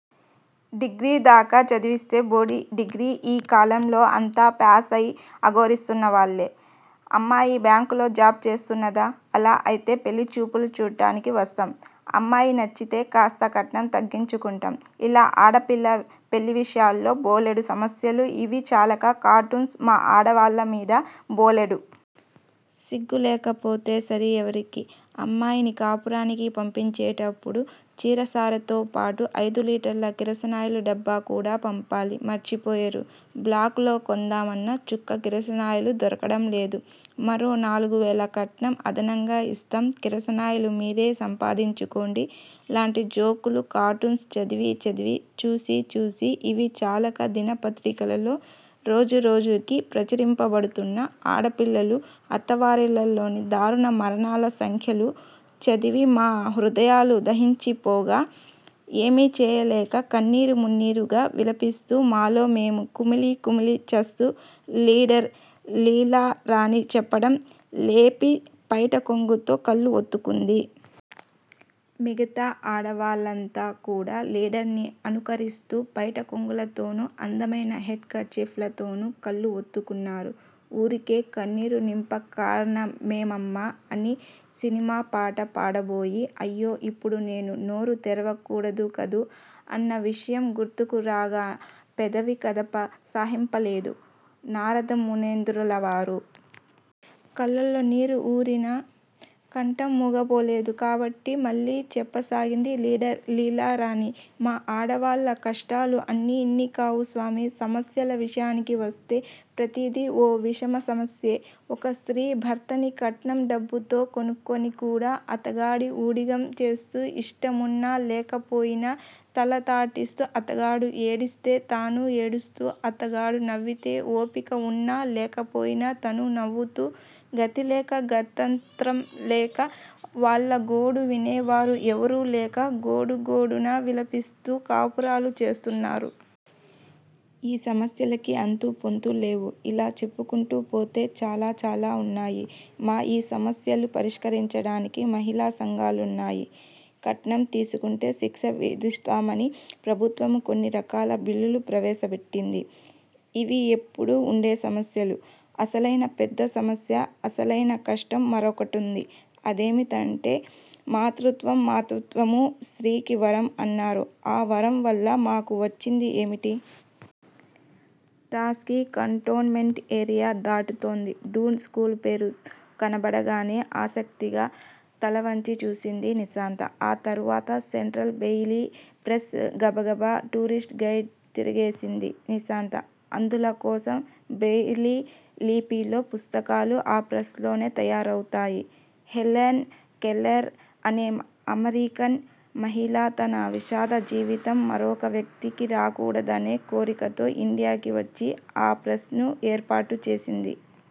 డిగ్రీదాకా చదివిస్తే బోడి డిగ్రీ యీ కాలంలో అంతా ప్యాసై అఘోరిస్తున్నవాళ్ళే అమ్మాయి బ్యాంకులో జాబ్ చేస్తున్నదా! అలా అయితే పెళ్ళిచూపులు చూడటానికి వస్తాం. అమ్మాయి నచ్చితే కాస్త కట్నం తగ్గించుకుంటాం. ఇలా ఆడపిల్ల పెళ్ళివిషయాలలో బోలెడు సమస్యలు ఇవి చాలక కార్టూన్స్ మా ఆడవాళ్ళమీద బోలెడు. సిగ్గులేకపోతే సరి ఎవరికి? అమ్మాయిని కాపురానికి పంపించేటప్పుడు చీరసారెతోపాటు అయిదు లీటర్ ల కిరసనాయిలు డబ్బా కూడా పంపాలి. మర్చిపోయేరు? బ్లాకులో కొందామన్నా చుక్క కిరసనాయిల్ దొరకటంలేదు. మరో నాలుగువేళ కట్నం అదనంగా యిస్తాం. కిరసనాయిలు మీరే సంపాదించుకోండి లాంటి జోకులు కార్టూన్స్ చదివి చదివి చూసిచూసి ఇవి చాలక దిన పత్రికలలో రోజురోజుకి ప్రచురింపబడుతున్న ఆడపిల్లలు అత్తవారిళ్ళలోని దారుణ మరణాల సంఖ్యలు చదివి మా హృదయాలు దహించిపోగా ఎమీచేయలేక కన్నీరు మున్నీరుగా విలపిస్తూ మాలో మేము కుమిలి కుమిలి చస్తూ లీడర్ లీలారాణి చెప్పటం లేపి పైటకొంగుతో కళ్ళు ఒత్తుకుంది. మిగతా ఆడవాళ్ళంతా కూడా లీడర్ ని అనుకరిస్తూ పైట కొంగులతోను అందమైన హేండ్ కర్చీఫ్ లతోను కళ్ళు వత్తుకున్నారు. ఊరికే కన్నీరు నింప కారణమేమమ్మా! అని సినిమా పాట పాడబోయి అయ్యో ఇప్పుడు నేను నోరు తెరవకూడదు కదూ. అన్న విషయం గుర్తుకురాగా పెదవి కదప సాహసింపలేదు నారదమునీంద్రులవారు. కళ్ళల్లో నీరు వూరినా కంఠం మూగపోలేదు కాబట్టి మళ్ళీ చెప్పసాగింది లీడర్ లీలారాణి. మా ఆడవాళ్ళ కష్టాలు అన్నీ యిన్నీకావు స్వామీ! సమస్యల విషయానికి వస్తే ప్రతీదీ ఓ విషమ సమస్యే. ఒక స్త్రీ భర్తని కట్నం డబ్బుతో కొనుక్కుని కూడా అతగాడికి ఊడిగం చేస్తూ ఇష్టమున్నా లేకపోయినా తల తాటిస్తూ అతగాడు ఏడిస్తే తానూ ఏడుస్తూ అతగాడు నవ్వితే ఓపిక వున్నా లేకపోయినా తనూ నవ్వుతూ గతిలేక గత్యంతరం లేక వాళ్ళగోడు వినేవారు ఎవరూలేక గోడుగోడున విలపిస్తూ కాపురాలు చేస్తున్నారు. ఈ సమస్యలకి అంతూపొంతూ లేవు. ఇలా చెప్పుకుంటూ పోతే చాలాచాలా వున్నాయి. మా యీ సమస్యలు పరిష్కరించటానికి మహిళా సంఘాలున్నాయి. కట్నం తీసుకుంటే శిక్ష విధిస్తామని ప్రభుత్వము కొన్నిరకాల బిల్లులు ప్రవేశపెట్టింది. ఇవి ఎప్పుడూ వుండే సమస్యలు. అసలయిన పెద్ద సమస్య. అసలయిన కష్టం మరొకటుంది అదేమిటంటే మాతృత్వం మాతృత్వము స్త్రీకి వరం అన్నారు ఆ వరంవల్ల మాకు వచ్చింది ఏమిటి? టాక్సీ కంటోన్ మెంటు ఏరియా దాటుతోంది. డూన్ స్కూలు పేరు కనబడగానే ఆసక్తిగా తలవంచి చూసింది నిశాంత. ఆ తర్వాత సెంట్రల్ బ్రెయిలీ ప్రెస్, గబగబా టూరిస్టు గైడ్ తిరగేసింది నిశాంత. అంధుల కోసం బ్రెయిలీ లిపిలో పుస్తకాలు ఆ ప్రెస్ లోనే తయారవుతాయి. హెల్లెన్ కెల్లెర్ అనే అమరికన్ మహిళ తన విషాద జీవితం మరొక వ్యక్తికి రాగూడదనే కోరికతో ఇండియా వచ్చి ఆ ప్రెస్ ను ఏర్పాటు చేసింది.